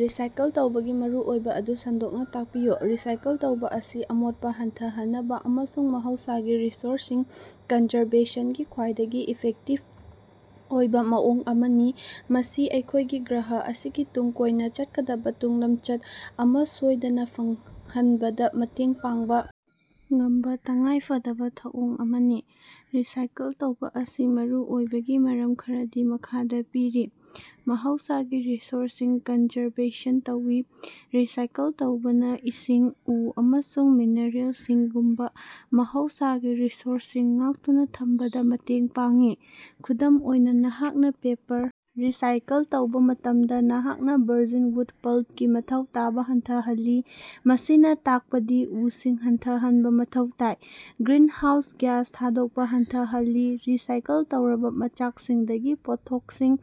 Recycle ꯇꯧꯕꯒꯤ ꯃꯔꯨꯑꯣꯏꯕ ꯑꯗꯨ ꯁꯟꯗꯣꯛꯅ ꯇꯥꯛꯄꯤꯌꯨ꯫ ꯔꯤꯁꯥꯏꯀꯜ ꯇꯧꯕꯥ ꯑꯁꯤ ꯑꯃꯣꯠꯄ ꯍꯟꯊꯍꯟꯅꯕ ꯑꯃꯁꯨꯡ ꯃꯍꯧꯁꯥꯒꯤ ꯔꯤꯁꯣꯔꯁꯁꯤꯡ ꯀꯟꯖꯔꯕꯦꯁꯟꯒꯤ ꯈ꯭ꯋꯥꯏꯗꯒꯤ ꯏꯐꯦꯛꯇꯤꯕ ꯑꯣꯏꯕ ꯃꯑꯣꯡ ꯑꯃꯅꯤ꯫ ꯃꯁꯤ ꯑꯩꯈꯣꯏꯒꯤ ꯒ꯭ꯔꯍ ꯑꯁꯤꯒꯤ ꯇꯨꯡ ꯀꯣꯏꯅ ꯆꯠꯀꯗꯕ ꯇꯨꯡꯂꯝꯆꯠ ꯑꯃ ꯁꯣꯏꯗꯅ ꯐꯪꯍꯟꯕꯗ ꯃꯇꯦꯡ ꯄꯥꯡꯕ ꯉꯝꯕ ꯇꯉꯥꯏꯐꯗꯕ ꯊꯧꯑꯣꯡ ꯑꯃꯅꯤ꯫ ꯔꯤꯁꯥꯏꯀꯜ ꯇꯧꯕ ꯑꯁꯤ ꯃꯔꯨꯑꯣꯏꯕꯒꯤ ꯃꯔꯝ ꯈꯔꯗꯤ ꯃꯈꯥꯗ ꯄꯤꯔꯤ: ꯃꯍꯧꯁꯥꯒꯤ ꯔꯤꯁꯣꯔꯁꯁꯤꯡ ꯀꯟꯖꯔꯕꯦꯁꯟ ꯇꯧꯏ ꯫ ꯔꯤꯁꯥꯏꯀꯜ ꯇꯧꯕꯅ ꯏꯁꯤꯡ, ꯎ ꯑꯃꯁꯨꯡ ꯃꯤꯅꯔꯦꯜꯁꯤꯡꯒꯨꯝꯕ ꯃꯍꯧꯁꯥꯒꯤ ꯔꯤꯁꯣꯔꯁꯁꯤꯡ ꯉꯥꯛꯇꯨꯅ ꯊꯝꯕꯗ ꯃꯇꯦꯡ ꯄꯥꯡꯏ꯫ ꯈꯨꯗꯝ ꯑꯣꯏꯅ ꯅꯍꯥꯛꯅ ꯄꯦꯄꯔ ꯔꯤꯁꯥꯏꯀꯜ ꯇꯧꯕ ꯃꯇꯝꯗ, ꯅꯍꯥꯛꯅ ꯚꯔꯖꯤꯟ ꯎꯗ ꯄꯜꯄꯀꯤ ꯃꯊꯧ ꯇꯥꯕ ꯍꯟꯊꯍꯜꯂꯤ꯫ ꯃꯁꯤꯅ ꯇꯥꯛꯄꯗꯤ ꯎꯁꯤꯡ ꯍꯟꯊꯍꯟꯕ ꯃꯊꯧ ꯇꯥꯏ꯫ ꯒ꯭ꯔꯤꯟ ꯍꯥꯎꯁ ꯒ꯭ꯌꯥꯁ ꯊꯥꯗꯣꯛꯄ ꯍꯟꯊꯍꯜꯂꯤ꯫ ꯔꯤꯁꯥꯏꯀꯜ ꯇꯧꯔꯕ ꯃꯆꯥꯛꯁꯤꯡꯗꯒꯤ ꯄꯣꯠꯊꯣꯛꯁꯤꯡ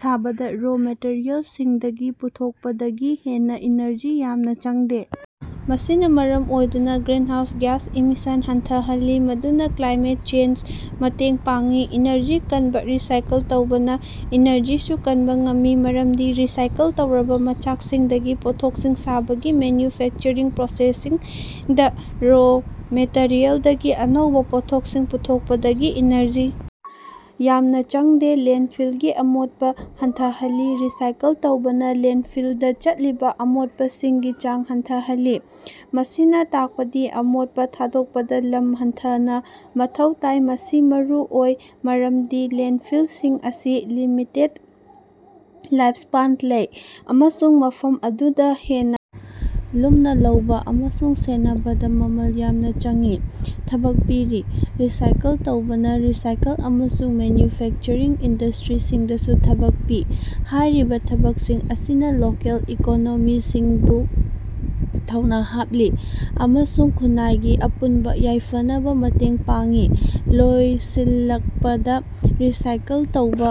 ꯁꯥꯕꯗ ꯔꯣ ꯃꯦꯇꯔꯤꯌꯦꯜꯁꯤꯡꯗꯒꯤ ꯄꯨꯊꯣꯛꯄꯗꯒꯤ ꯍꯦꯟꯅ ꯏꯅꯔꯖꯤ ꯌꯥꯝꯅ ꯆꯪꯗꯦ꯫ ꯃꯁꯤꯅ ꯃꯔꯝ ꯑꯣꯏꯗꯨꯅ ꯒ꯭ꯔꯤꯟꯍꯥꯎꯁ ꯒ꯭ꯌꯥꯁ ꯏꯃꯤꯁꯟ ꯍꯟꯊꯍꯜꯂꯤ꯫ ꯃꯗꯨꯅ ꯀ꯭ꯂꯥꯏꯃꯦꯠ ꯆꯦꯟꯖꯗ ꯃꯇꯦꯡ ꯄꯥꯡꯏ꯫ ꯏꯅꯔꯖꯤ ꯀꯟꯕ: ꯔꯤꯁꯥꯏꯀꯜ ꯇꯧꯕꯅ ꯏꯅꯔꯖꯤꯁꯨ ꯀꯟꯕ ꯉꯝꯃꯤ ꯃꯔꯝꯗꯤ ꯔꯤꯁꯥꯏꯀꯜ ꯇꯧꯔꯕ ꯃꯆꯥꯛꯁꯤꯡꯗꯒꯤ ꯄꯣꯠꯊꯣꯛꯁꯤꯡ ꯁꯥꯕꯒꯤ ꯃꯦꯟꯌꯨꯐꯦꯛꯆꯔꯤꯡ ꯄ꯭ꯔꯣꯁꯦꯁꯁꯤꯡꯗ ꯔꯣ ꯃꯦꯇꯔꯤꯌꯦꯜꯗꯒꯤ ꯑꯅꯧꯕ ꯄꯣꯠꯊꯣꯛꯁꯤꯡ ꯄꯨꯊꯣꯛꯄꯗꯒꯤ ꯏꯅꯔꯖꯤ ꯌꯥꯝꯅ ꯆꯪꯗꯦ꯫ ꯂꯦꯟꯗꯐꯤꯜꯒꯤ ꯑꯃꯣꯠꯄ ꯍꯟꯊꯍꯜꯂꯤ: ꯔꯤꯁꯥꯏꯀꯜ ꯇꯧꯕꯅꯥ ꯂꯦꯟꯗꯐꯤꯜꯗ ꯆꯠꯂꯤꯕ ꯑꯃꯣꯠꯄꯁꯤꯡꯒꯤ ꯆꯥꯡ ꯍꯟꯊꯍꯜꯂꯤ꯫ ꯃꯁꯤꯅ ꯇꯥꯛꯄꯗꯤ ꯑꯃꯣꯠꯄ ꯊꯥꯗꯣꯛꯄꯗ ꯂꯝ ꯍꯟꯊꯅ ꯃꯊꯧ ꯇꯥꯏ꯫ ꯃꯁꯤ ꯃꯔꯨꯑꯣꯏ ꯃꯔꯝꯗꯤ ꯂꯦꯟꯗꯐꯤꯜꯁꯤꯡ ꯑꯁꯤ ꯂꯤꯃꯤꯇꯦꯗ ꯂꯥꯏꯐꯁ꯭ꯄꯦꯟ ꯂꯩ ꯫ ꯑꯃꯁꯨꯡ ꯃꯐꯝ ꯑꯗꯨꯗ ꯍꯦꯟꯅ ꯂꯨꯝꯅ ꯂꯧꯕ ꯑꯃꯁꯨꯡ ꯁꯦꯟꯅꯕꯗ ꯃꯃꯜ ꯌꯥꯝꯅ ꯆꯪꯏ꯫ ꯊꯕꯛ ꯄꯤꯔꯤ: ꯔꯤꯁꯥꯏꯀꯜ ꯇꯧꯕꯅ ꯔꯤꯁꯥꯏꯀꯜ ꯑꯃꯁꯨꯡ ꯃꯦꯟꯌꯨꯐꯦꯛꯆꯔꯤꯡ ꯏꯟꯗꯁ꯭ꯇꯔꯤꯁꯤꯡꯗꯁꯨ ꯊꯕꯛ ꯄꯤ꯫ ꯍꯥꯏꯔꯤꯕ ꯊꯕꯛꯁꯤꯡ ꯑꯁꯤꯅ ꯂꯣꯀꯦꯜ ꯏꯀꯣꯅꯣꯃꯤꯁꯤꯡꯕꯨ ꯊꯧꯅ ꯍꯥꯞꯂꯤ꯫ ꯑꯃꯁꯨꯡ ꯈꯨꯟꯅꯥꯏꯒꯤ ꯑꯄꯨꯟꯕ ꯌꯥꯏꯐꯅꯕ ꯃꯇꯦꯡ ꯄꯥꯡꯏ꯫ ꯂꯣꯏꯁꯤꯜꯂꯚꯄꯗ ꯔꯤꯁꯥꯏꯀꯜ ꯇꯧꯕ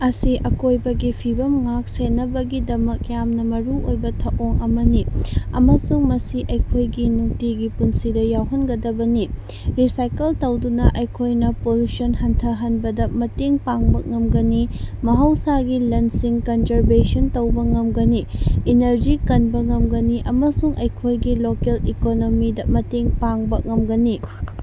ꯑꯁꯤ ꯑꯀꯣꯏꯕꯒꯤ ꯐꯤꯕꯝ ꯉꯥꯛ-ꯁꯦꯟꯅꯕꯒꯤꯗꯃꯛ ꯌꯥꯝꯅ ꯃꯔꯨꯑꯣꯏꯕ ꯊꯧꯑꯣꯡ ꯑꯃꯅꯤ꯫ꯑꯃꯁꯨꯡ ꯃꯁꯤ ꯑꯩꯈꯣꯏꯒꯤ ꯅꯨꯡꯇꯤꯒꯤ ꯄꯨꯟꯁꯤꯗ ꯌꯥꯎꯍꯟꯒꯗꯕꯅꯤ꯫ ꯔꯤꯁꯥꯏꯀꯜ ꯇꯧꯗꯨꯅ ꯑꯩꯈꯣꯏꯅ ꯄꯣꯂꯨꯁꯟ ꯍꯟꯊꯍꯟꯕꯗ ꯃꯇꯦꯡ ꯄꯥꯡꯕ ꯉꯝꯒꯅꯤ꯫ ꯃꯍꯧꯁꯥꯒꯤ ꯂꯟꯁꯤꯡ ꯀꯟꯖꯔꯕꯦꯁꯟ ꯇꯧꯕ ꯉꯝꯒꯅꯤ꯫ꯏꯅꯔꯖꯤ ꯀꯟꯕ ꯉꯝꯒꯅꯤ ꯑꯃꯁꯨꯡ ꯑꯩꯈꯣꯢꯒꯤ ꯂꯣꯀꯦꯜ ꯏꯀꯣꯅꯣꯃꯤꯗ ꯃꯇꯦꯡ ꯄꯥꯡꯕ ꯉꯝꯒꯅꯤ꯫